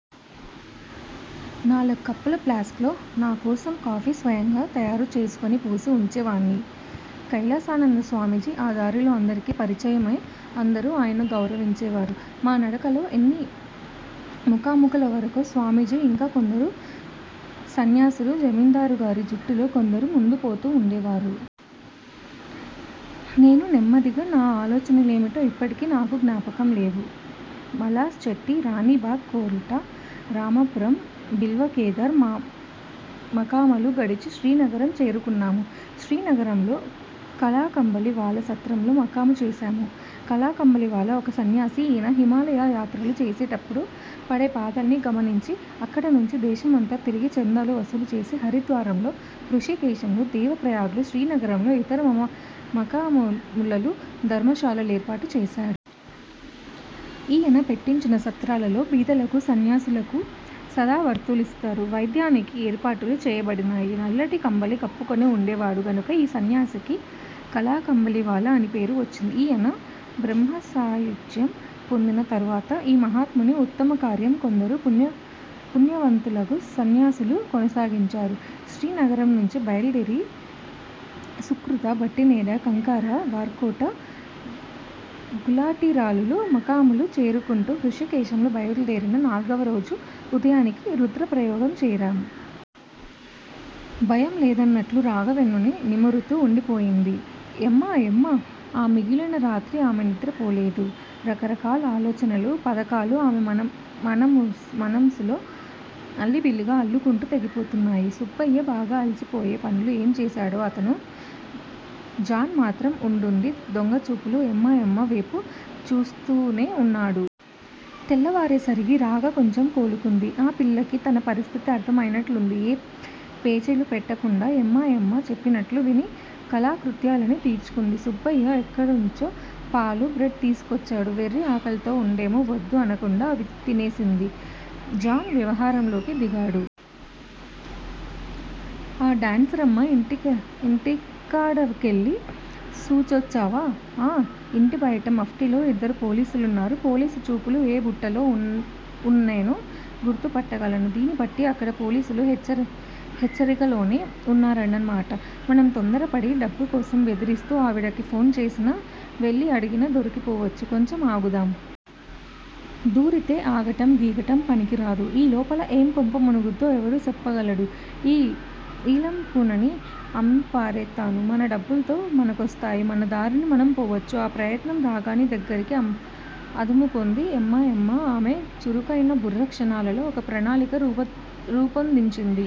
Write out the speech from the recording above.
నాలుగు కప్పుల ప్లాస్క్ లో, నా కోసం కాఫీ స్వయంగా తయారుచేసుకొని పోసి ఉంచేవాడిని. కైలాసానంద స్వామీజీ ఆ దారిలో అందరికి పరిచయయే అందరు ఆయన్ను గౌరవించేవారు. మా నడకలో ఎన్ని మకాములవరకో స్వామీజీ ఇంకా కొందరు సన్యాసులూ, జమీందారుగారి జట్టులో కొందరూ ముందుపోతూ ఉండేవారు. నేను నెమ్మదిగా నా ఆలోచన లేమిటో ఇప్పటికీ నాకు జ్ఞాపకం లేవు. మలాస్ చట్టీ, రాణీబాగ్, కొల్టా, రామాపురం, బిల్వకేదార్ మకాములు గడిచి శ్రీనగరం చేరుకున్నాము. శ్రీనగరంలో కాలాకంబళీ వాలా సత్రంలో మకాము చేశాము. కలాకంబళీవాలా ఒక సన్యాసి. ఈయన హిమాలయ యాత్రలు చేసేటప్పుడు పడేభాదల్ని గమనించి, అక్కడినుంచి దేశమంతా తిరిగి చందాలు వసూలుచేసి, హరిద్వారంలో, హృషీకేశంలో, దేవప్రయాగలో, శ్రీనగరంలో, ఇతర మకాములలో ధర్మశాల లేర్పాటు చేశాడు. ఈయన పెట్టించిన సత్రాలలో బీదలకు, సన్యాసులకు సదావర్తులిస్తారు. వైద్యానికీ ఏర్పాటులు చేయబడినాయి. నల్లటి కంబళీ కప్పుకుని ఉండేవాడు గనుక ఈ సన్యాసికి కాలాకంబళీవాలా అని పేరు వచ్చింది. ఈయన బ్రహ్మసాయుజ్యం పొందిన తరువాత, ఈ మహాత్మునిహుని ఉత్తమకార్యం కొందరు పుణ్యవంతులగు సన్యాసులు కొనసాగించారు. శ్రీనగరంనుంచి బయలుదేరి సుకృత, భట్టినేర, కంకార, వార్కోట, గులాటిరాలులు మకాములు చేసుకుంటూ హృషీకేశంలో బయలుదేరిన నాల్గవరోజు ఉదయానికి రుద్రప్రయాగచేరాం. భయం లేదన్నట్లు రాగ వెన్నుని నిమురుతూ వుండిపోయింది యమ్మాయమ్మ ఆ మిగిలిన రాత్రి ఆమె నిద్ర పోలేడు. రకరకాల ఆలోచనలు పధకాలు ఆమె మనమ్సులో అల్లిబిల్లిగా అల్లుకుంటూ తెగిపోతున్నాయి. సుబ్బయ్య బాగా అలిసిపోయే పనులు ఏం వేశాడో అతను. జాన్ మాత్రం వుండుండి దొంగచూపులు యమ్మాయమ్మ వేపు చూస్తూనే వున్నాడు. తెల్లావారే సరిగి రాగ కొంచెం కోలుకుంది. ఆ పిల్లకి తన పరిస్థితి అర్ధమైనట్లుంది. ఏ పేచీలు పెట్టకుండా యమ్మాయమ్మ చెప్పినట్లు విని కాలకృత్యాలన్ని తీర్చుకుంది. సుబ్బయ్య ఎక్కడ్నుంచో పాలు బ్రెడ్ తీసుకొచ్చాడు. వెర్రి ఆకలితో వుందేమో వద్దు అనకుండా అవి తినేసింది. జాన్ వ్యవహారంలోకి దిగాడు. ఆ డాన్సరమ్మ ఇంటికాడకెళ్ళి సూసోచ్చావా? ఆ! ఇంటి బయట మఫ్టిలో యిద్దరూ పోలీసులున్నారు పోలీసుచూపులు ఏ బుట్టలో వున్నానే గుర్తుపట్టగలను. దీన్ని బట్టి అక్కడ పోలీసులు హెచ్చరికలోనే వున్నారన్నమాట. మనం తొందరపడి డబ్బు కోసం బెదిరిస్తూ ఆవిడకి ఫోన్ చేసినా, వెళ్ళీ అడిగినా దొరికిపోవచ్చు కొంచెం ఆగుదాం. ధూరితీ! ఆగటం గిగటం పనికి రాదు. ఈ లోపల ఏం కొంప మునుగుద్దో ఎవడు సేప్పగలడు? ఈ లం కూనని అమ్మి పారేత్తాను. మన డబ్బులు మనకొస్తాయి. మనదారిని మనం పోవచ్చు. ఆప్రయత్నంగా రాగని దగ్గరికి అదుముకుంది యమ్మాయమ్మ ఆమె చురుకైన బుర్ర క్షణాలలో ఒక ప్రణాళిక రూపొందించింది.